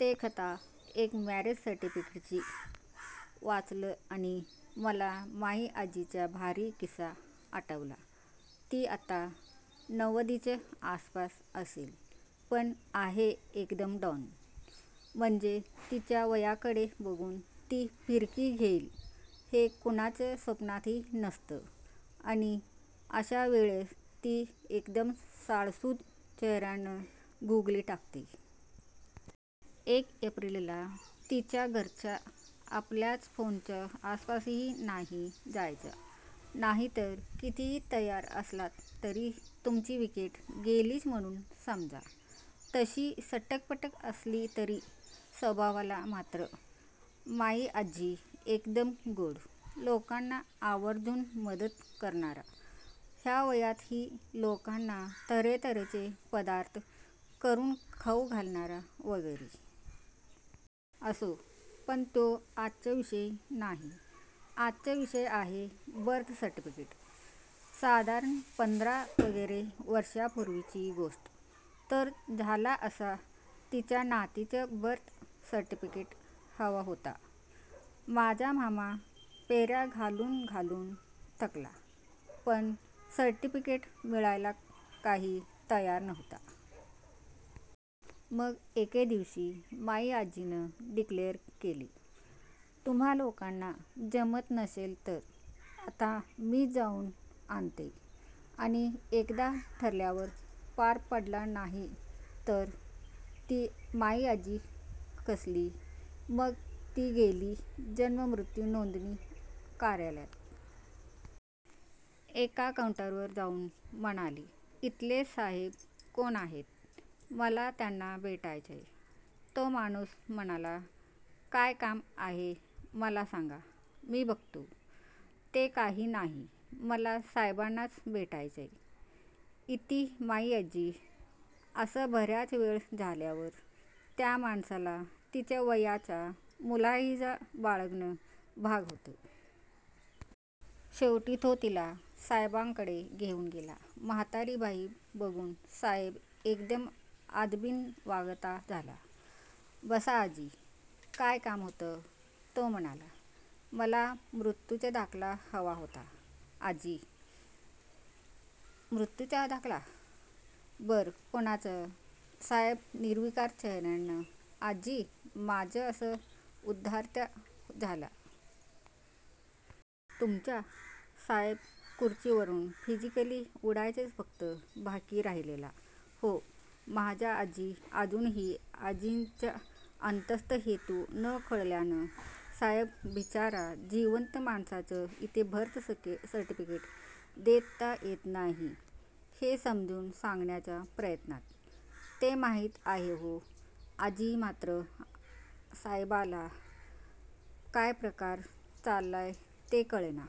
ते 'कथा एका मॅरेज सर्टिफिकेटची' वाचलं आणि मला माई आज्जीचा भारी किस्सा आठवला. ती आता नवद्दीच्या आसपास असेल. पण आहे एकदम डॉन! म्हणजे तिच्या वयाकडे बघून ती फिरकी घेईल, हे कुणाच्या स्वप्नातही नसतं आणि अशा वेळेस ती एकदम साळसूद चेहर्यानं गूगली टाकते. एक एप्रिलला तिच्या घराच्या, आपल्याच फोनच्या आसपासही नाही जायचं नाहीतर कितीही तयार असलात तरी तुमची विकेट गेलीच म्हणून समजा! तशी सटकफटक असली तरी स्वभावाला मात्र माईआज्जी एकदम गोड! लोकांना आवर्जून मदत करणार, ह्या वयातही लोकांना तर्हेतर्हेचे पदार्थ करून खावू घालणार वगैरे. असो, पण तो आजचा विषय नाही! आजचा विषय आहे बर्थ सर्टिफिकेट. साधारण पंधरा वगैरे वर्षापूर्वीची गोष्ट. तर झालं असं तिच्या नातीचं बर्थ सर्टिफिकेट हवं होतं. माझा मामा फेर्या घालून घालून थकला, पण सर्टिफिकेट मिळायला काही तयार नव्हतं. मग एके दिवशी माई आज्जीनं डिक्लेअर केलं 'तुम्हा लोकांना जमत नसेल तर आता मीच जाऊन आणते' आणि एकदा ठरवल्यावर पार पाडलं नाही तर ती माई आज्जी कसली! मग ती गेली 'जन्म मृत्यू नोंदणी' कार्यालयात. एका काऊंटरवर जाऊन म्हणाली 'इथले साहेब कोण आहेत? मला त्यांना भेटायचय. ' तो माणूस म्हणाला, "काय काम आहे मला सांगा. मी बघतो. " "ते काही नाही मला साहेबांनाच भेटायचय" इती माई आज्जी. असं बर्याच वेळ झाल्यावर त्या माणसाला तिच्या वयाचा मुलाहिजा बाळगणं भाग होतं. शेवटी तो तिला साहेबांकडे घेऊन गेला. म्हातारी बाई बघून साहेब एकदम आदबीन वागता झाला. 'बसा आजी. काय काम होतं', तो म्हणाला. 'मला मृत्यूचा दाखला हवा होता': आजी. 'मृत्यूचा दाखला? बरं, कुणाचा": साहेब निर्विकार चेहर्यानं आजी "माझा" असं उद्गारत्या झाल्या. "तुमचा? ": साहेब खूर्चीवरून फिजीकली उडायचाच फक्त बाकी राहिलेला "हो, माझा! " आजी अजूनही आजींचा अंतस्थ हेतू न कळल्यानं साहेब बिचारा 'जिवंत माणसाचं डेथ सर्टिफिकेट देता येत नाही' हे समजावून सांगण्याच्या प्रयत्नात. "ते माहित आहे हो" आजी आता मात्र साहेबाला काय प्रकार चाल्लाय ते कळेना.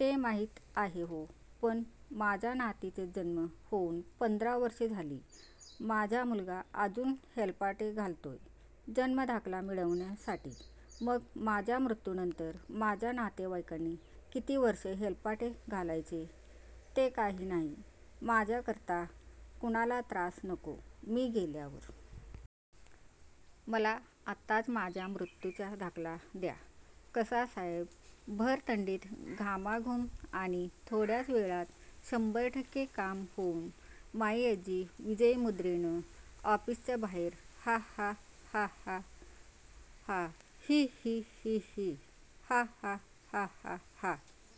"ते माहित आहे हो, पण माझ्या नातीचा जन्म होऊन पंधरा वर्ष झाली, माझा मुलगा अजून हेलपाटे घालतोय जन्म दाखला मिळवण्यासाठी. मग माझ्या मृत्यूनंतर माझ्या नातेवाईकांनी किती वर्ष हेलपाटे घालायचे? ते काही नाही. माझ्या करता कुणाला त्रास नको मी गेल्यावर. मला आताच माझ्या मृत्यूचा दाखला द्या कसा! " साहेब भर थंडीत घामाघूम! आणि थोड्याच वेळात शंभर टक्के काम होऊन माईआजी विजयी मुद्रेनं ऑफिसच्या बाहेर! हा हा हा हा हा ही ही ही ही हा हा हा हा हा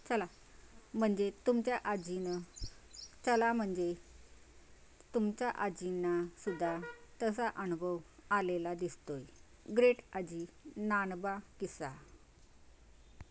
चला म्हणजे तुमच्या आजींना चला म्हणजे तुमच्या आजींना सुद्धा तसा अनुभव आलेला दिसतोय. ग्रेट आजी, नानबा, किस्सा--